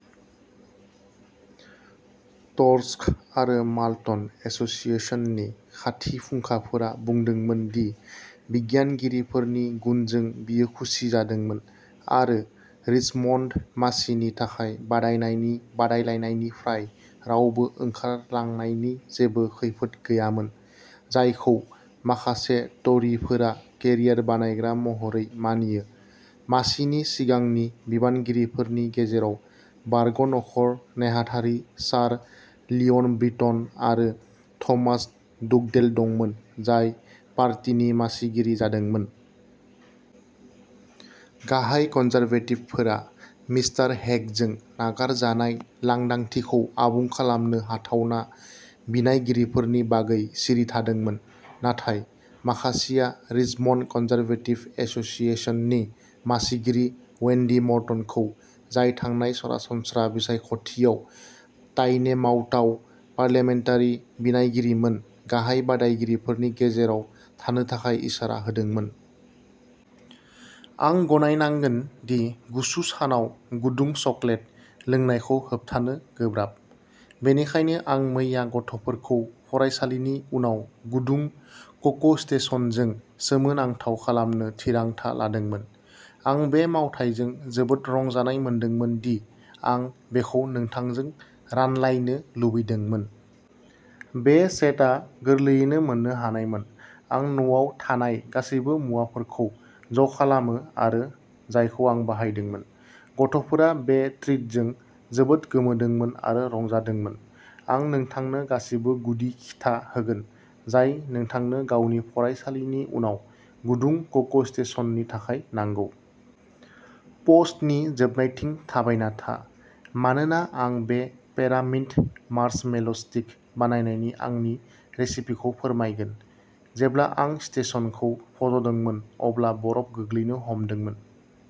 " Thirsk आरो Malton एस'सिएशननि खाथि फुंखाफोरा बुंदोंमोन दि बिनायगिरिफोरनि गुनजों बियो खुसि जादोंमोन। आरो रिचमन्ड मासिनि थाखाय बादायनायनि बादायलायनायनिफ्राय रावबो ओंखारलांनायनि जेबो खैफोद गैयामोन, जायखौ माखासे ट'रीफोरा "केरियार बानायग्रा" महरै मानियो। मासिनि सिगांनि बिबानगिरिफोरनि गेजेराव बारग'नखर नेहाथारि सार लिय'न ब्रिटन आरो थ'मास डुगडेल दंमोन, जाय पार्टीनि मासिगिरि जादोंमोन। गाहाय कनजारभेटिभफोरा मिस्टार हेगजों नागारजानाय लांदांथिखौ आबुं खालामनो हाथावना बिनायगिरिफोरनि बागै सिरि थादोंमोन, नाथाय माखासेया रिचमन्ड कनजारभेटिभ एस'सिएशननि मासिगिरि वेन्डी मर्टनखौ, जाय थांनाय सरासनस्रा बिसायख'थियाव टाइनेमाउथआव पार्लियामेन्टारि बिनायगिरिमोन, गाहाय बादायगिरिफोरनि गेजेराव थानो थाखाय इसारा होदोंमोन। आं गनायनांगोन दि गुसु सानाव गुदुं चकलेट लोंनायखौ होबथानो गोब्राब। बेनिखायनो आं मैया गथ'फोरखौ फरायसालिनि उनाव गुदुं क'क'स्टेशनजों सोमोनांथाव खालामनो थिरांथा लादोंमोन! आं बे मावथायजों जोबोद रंजानाय मोनदोंमोन दि आं बेखौ नोंथांजों रानलायनो लुबैदोंमोन! बे सेटआ गोरलैयैनो मोननो हानायमोन! आं न'आव थानाय गासैबो मुवाफोरखौ ज'खालामो आरो जायखौ आं बाहायदोंमोन। गथ'फोरा बे ट्रिटजों जोबोद गोमोदोंमोन आरो रंजादोंमोन। आं नोंथांनो गासिबो गुदि खिथा होगोन, जाय नोंथांनो गावनि फरायसालिनि उनाव गुदुं क'क'स्टेशननि थाखाय नांगौ! प'स्टनि जोबनायथिं थाबायना था, मानोना आं बे पेपारमिन्ट मार्शमेल'स्टिक बानायनायनि आंनि रेसिपिखौ फोरमायगोन! जेब्ला आं स्टेशनखौ फज'दोंमोन, अब्ला बरफ गोग्लैनो हमदोंमोन।